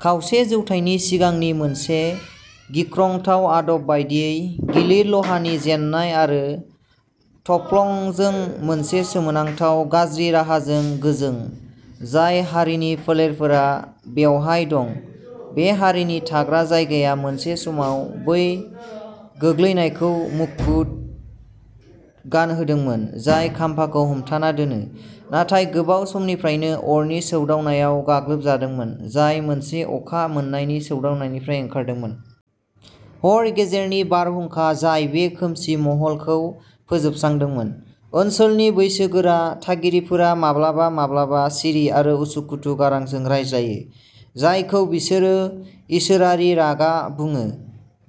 खावसे जौथायनि सिगांनि मोनसे गिख्रंथाव आदब बायदियै, गिलिर लहानि जेन्नाय आरो थफ्लंजों मोनसे सोमोनांथाव गाज्रि राहाजों गोजों। जाय हारिनि फोलेरफोरा बेवहाय दं, बे हारिनि थाग्रा जायगाया मोनसे समाव बै गोग्लैनायखौ मुखुत गानहोदोंमोन जाय खाम्फाखौ हमथाना दोनो, नाथाय गोबाव समनिफ्रायनो अरनि सौदावनायाव गाग्लोबजादोंमोन, जाय मोनसे अखा मोन्नायनि सौदावनायनिफ्राय ओंखारदोंमोन। हर गेजेरनि बारहुंखा जाय बे खोमसि महलखौ फोजोबस्रांदोंमोन, ओनसोलनि बैसोगोरा थागिरिफोरा माब्लाबा माब्लाबा सिरि आरो उसुखुथु गारांजों रायज्लायो, जायखौ बिसोरो इसोरारि रागा बुङो,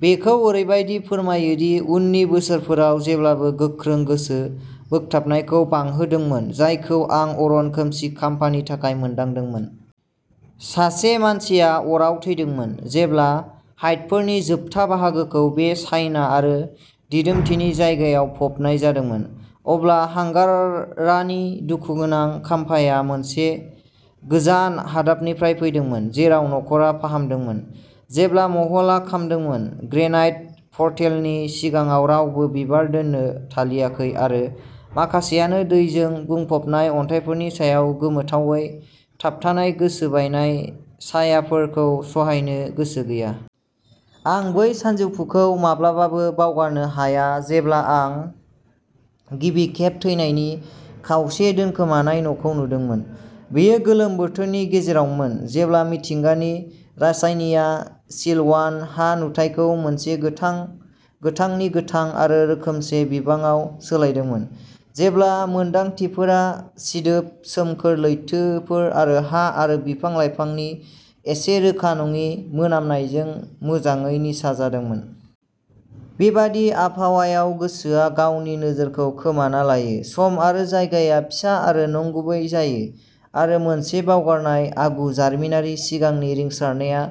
बेखौ ओरैबायदि फोरमायो दि उननि बोसोरफोराव जेब्लाबो गोख्रों गोसो बोगथाबनायखौ बांहोदोंमोन जायखौ आं अरन खोमसि खाम्फानि थाखाय मोनदांदोंमोन। सासे मानसिया अराव थैदोंमोन। जेब्ला हाइडफोरनि जोबथा बाहागोखौ बे सायना आरो दिदोमथिनि जायगायाव फबनाय जादोंमोन, अब्ला हांगारानि दुखुगोनां खामफाआ मोनसे गोजान हादाबनिफ्राय फैदोंमोन, जेराव न'खरआ फाहामदोंमोन। जेब्ला महलआ खामदोंमोन। ग्रेनाइट पर्टेलनि सिगाङाव रावबो बिबार दोन्नो थालियाखै आरो माखासेआनो दैजों बुंफबनाय अन्थाइफोरनि सायाव गोमोथावै थाबथानाय गोसोबायनाय सायाफोरखौ सहायनो गोसो गैया। आं बै सानजौफुखौ माब्लाबाबो बावगारनो हाया जेब्ला आं गिबि खेब थैनायनि खावसे दोनखोमानाय न'खौ नुदोंमोन। बेयो गोलोम बोथोरनि गेजेरावमोन, जेब्ला मिथिंगानि रासायनिया सिलवान हा नुथायखौ मोनसे गोथां गोथांनि गोथां आरो रोखोमसे बिबाङाव सोलायदोंमोन, जेब्ला मोनदांथिफोरा सिदोब सोमखोर लैथोफोर आरो हा आरो बिफां लाइफांनि एसे रोखा नङि मोनामनायजों मोजाङै निसा जादोंमोन। बेबादि आबहावायाव गोसोआ गावनि नोजोरखौ खोमाना लायो, सम आरो जायगाया फिसा आरो नंगुबै जायो आरो मोनसे बावगारनाय आगु जारिमिनारि सिगांनि रिंसारनाया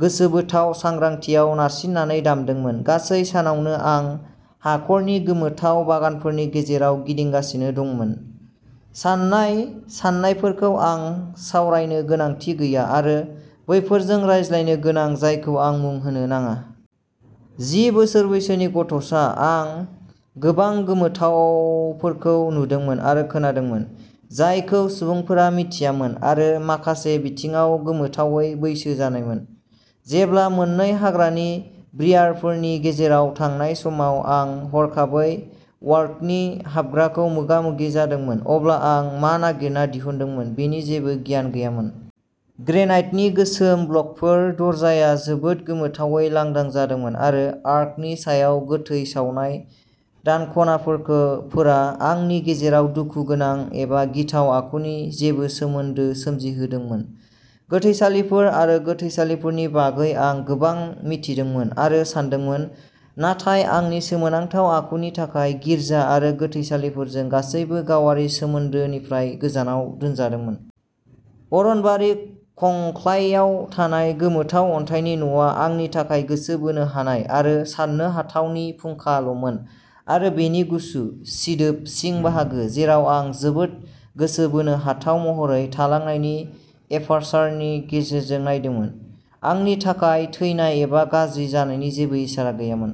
गोसोबोथाव सांग्रांथियाव नारसिननानै दामदोंमोन। गासै सानावनो आं हाखरनि गोमोथाव बागानफोरनि गेजेरजों गिदिंगासिनो दंमोन, साननाय साननायफोरखौ आं सावरायनो गोनांथि गैया आरो बैफोरजों रायज्लायनो गोनां जायखौ आं मुं होनो नाङा। जि बोसोर बैसोनि गथ'सा, आं गोबां गोमोथावफोरखौ नुदोंमोन आरो खोनादोंमोन, जायखौ सुबुंफोरा मिथियामोन आरो माखासे बिथिङाव गोमोथावै बैसो जानायमोन। जेब्ला, मोननै हाग्रानि ब्रियारफोरनि गेजेराव थांनाय समाव आं हरखाबै वाल्टनि हाबग्राखौ मोगा मोगि जादोंमोन, अब्ला आं मा नागिरना दिहुनदोंमोन बेनि जेबो गियान गैयामोन। ग्रेनाइटनि गोसोम ब्लकफोर, दरजाया जोबोद गोमोथावै लांदां जादोंमोन आरो आर्कनि सायाव गोथै सावनाय दानख'नायफोरा, आंनि गेजेराव दुखुगोनां एबा गिथाव आखुनि जेबो सोमोन्दो सोमजिहोदोंमोन। गोथैसालिफोर आरो गोथैसालिफोरनि बागै आं गोबां मिथिदोंमोन आरो सानदोंमोन, नाथाय आंनि सोमोनांथाव आखुनि थाखाय गिर्जा आरो गोथैसालिफोरजों गासैबो गावारि सोमोन्दोनिफ्राय गोजानाव दोनजादोंमोन। अरनबारि खंस्लायआव थानाय गोमोथाव अन्थाइनि न'आ आंनि थाखाय गोसो बोनो हानाय आरो सान्नो हाथावनि फुंखा ल'मोन आरो बेनि गुसु, सिदोब सिं बाहागो, जेराव आं जोबोद गोसो बोनो हाथाव महरै थालांनाय एपार्सारनि गेजेरजों नायदोंमोन, आंनि थाखाय थैनाय एबा गाज्रि जानायनि जेबो इसारा गैयामोन।